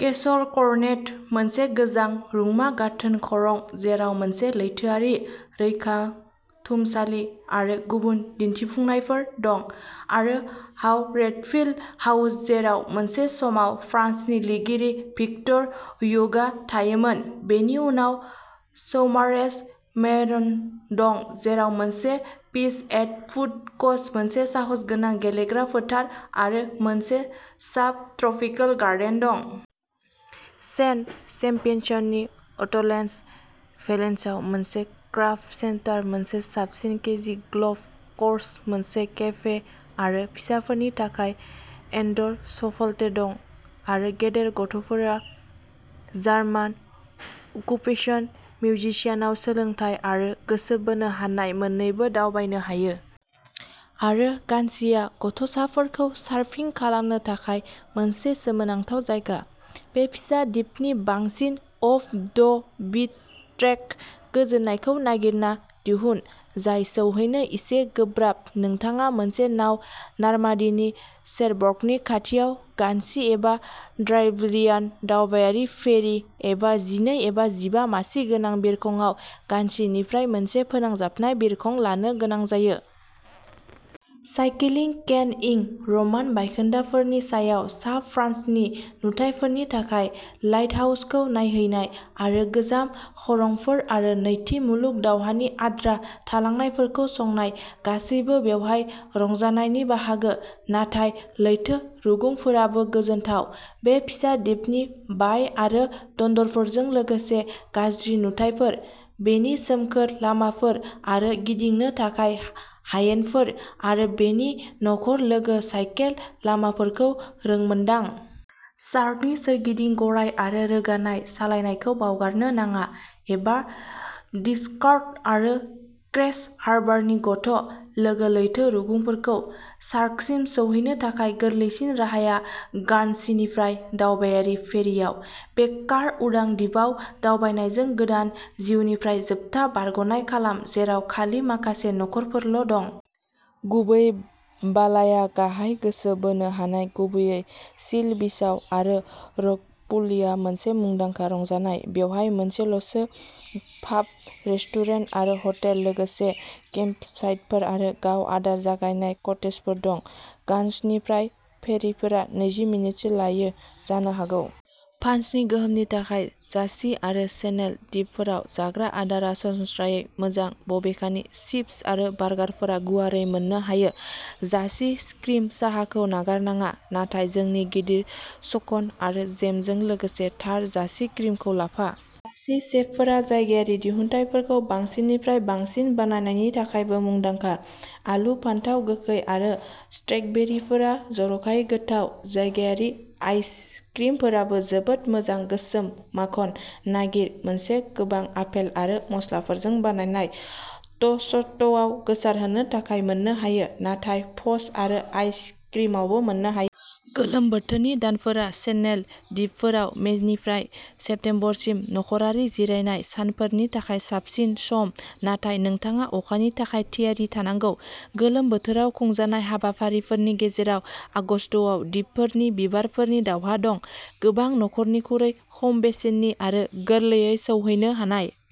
Castle करनेट मोनसे गोजाम रुंमा गाथोन खरं जेराव मोनसे लैथोआरि रैखाथुमसालि आरो गुबुन दिन्थिफुंनायफोर दं। आरो हाउग्रेटपिल हाउस जेराव मोनसे समाव फ्रान्सनि लिरगिरि भिक्टर हयुग'आ थायोमोन। बेनि उनाव सौमारेज मेन'र दं। जेराव मोनसे पिच एन्ड पुट क'स मोनसे साहसगोनां गेलेग्रा फोथार आरो मोनसे साब ट्रपिकेल गार्डेन दं। सेन्ट सेम्पसननि अटलेन्डस भिलेजआव मोनसे क्राफ्ट सेन्टार मोनसे साबसिन क्रेजि गल्फ क'र्स मोनसे केफे आरो फिसाफोरनि थाखाय इनड'र सफ्टप्ले दं। आरो गेदेर गथ'फोरा जार्मान अकुपेसन मिउजियामाव सोलोंथाइ आरो गोसो बोनो हानाय मोननैबो दावबायनो हायो। आरो गार्नसीआ गथ'साफोरखौ सारफिं खालामनो थाखाय मोनसे सोमोनांथाव जायगा। बे फिसा दिपनि बांसिन अफ द बिट ट्रेक गोजोननायखौ नागिरना दिहुन। जाय सौहैनो एसे गोब्राब नोंथाङा मोनसे नाव नार्मान्डीनि चेरबर्गनि खाथियाव गानसी एबा ड्रायब्रियान दावबायारि फेरि एबा जिनै एबा जिबा मासि गोनां बिरखंआव गार्नसीनिफ्राय मोनसे फोनांजाबनाय बिरखं लानो गोनां जायो। Cycling canoeing. रमान बायखोन्दाफोरनि सायाव सा फ्रान्सनि नुथायफोरनि थाखाय लाइटहाउसखौ नायहैनाय आरो गोजाम खरंफोर आरो नैथि मुलुग दावहानि आद्रा थालांनायफोरखौ संनाय गासैबो बेवहाय रंजानायनि बाहागो नाथाय लैथो रुगुंफोराबो गोजोनथाव। बे फिसा दिपनि बाय आरो दन्दरफोरजों लोगोसे गाज्रि नुथाइफोर बेनि सोमखोर लामाफोर आरो गिदिंनो थाखाय हायेनफोर आरो बेनि नखर लोगो साइकेल लामाफोरखौ रोंमोनदां। सार्कनि सोरगिदिं गराय आरो रोगानाय सालायनायखौ बावगारनो नाङा एबा डिक्सकार्ट बे आरो क्रेक्स हार्बारनि गथ' लोगो लैथो रुगुंफोरखौ। सार्कसिम सौहैनो थाखाय गोरलैसिन राहाया गार्नसिनिफ्राय दावबायारि फेरिआव। बे कार उदां दिपआव दावबायनायजों गोदान जिउनिफ्राय जोबथा बारग'नाय खालाम जेराव खालि माखासे नखरफोरल' दं। गुबै बालाया गाहाय गोसो बोनो हानाय गुबैयै शेल बीचआव आरो रकपुलिआ मोनसे मुंदांखा रंजानाय। बेवहाय मोनसेल' पाब रेस्टुरेन्ट आरो हटेल लोगोसे केम्पसाइटफोर आरो गाव आदार जगायनाय कटेजफोर दं। गानसिनिफ्राय फेरिफोरा नैजि मिनिटसो लायो जानो हागौ। फान्सनि गोहोमनि थाखाय जार्सि आरो चेनेल दिपफोराव जाग्रा आदारा सरासनस्रायै मोजां बबेखानि चिप्स आरो बार्गारफोरा गुवारै मोननो हायो। जार्सि क्रिम साहाखौ नागारनाङा नाथाय जोंनि गिदिर सकन आरो जेमजों लोगोसे थार जार्सि क्रिमखौ लाफा। सि सेफफोरा जायगायारि दिहुनथायफोरखौ बांसिननिफ्राय बांसिन बानायनायनि थाखायबो मुंदांखा आलु फानथाव गोखै आरो स्ट्रिबेरीफोरा जर'खायै गोथाव। जायगायारि आइस क्रिमफोराबो जोबोद मोजां गोसोम माखन नागिर मोनसे गोबां आपेल आरो मस्लाफोरजों बानायनाय ट'सटआव गोसारहोनो थाखाय मोननो हायो नाथाय फज आरो आइस क्रिमआवबो मोननो हाय गोलोम बोथोरनि दानफोरा चेनेल दिपफोराव मेनिफ्राय सेप्तेम्बरसिम नखरारि जिरायनाय सानफोरनि थाखाय साबसिन सम नाथाय नोंथाङा अखानि थाखाय थियारि थानांगौ। गोलोम बोथोराव खुंजानाय हाबाफारिफोरनि गेजेराव आगस्तआव दिपफोरनि बिबारफोरनि दावहा दं। गोबां नखरफोरनिख्रुइ खम बेसेननि आरो गोरलैयै सौहैनो हानाय।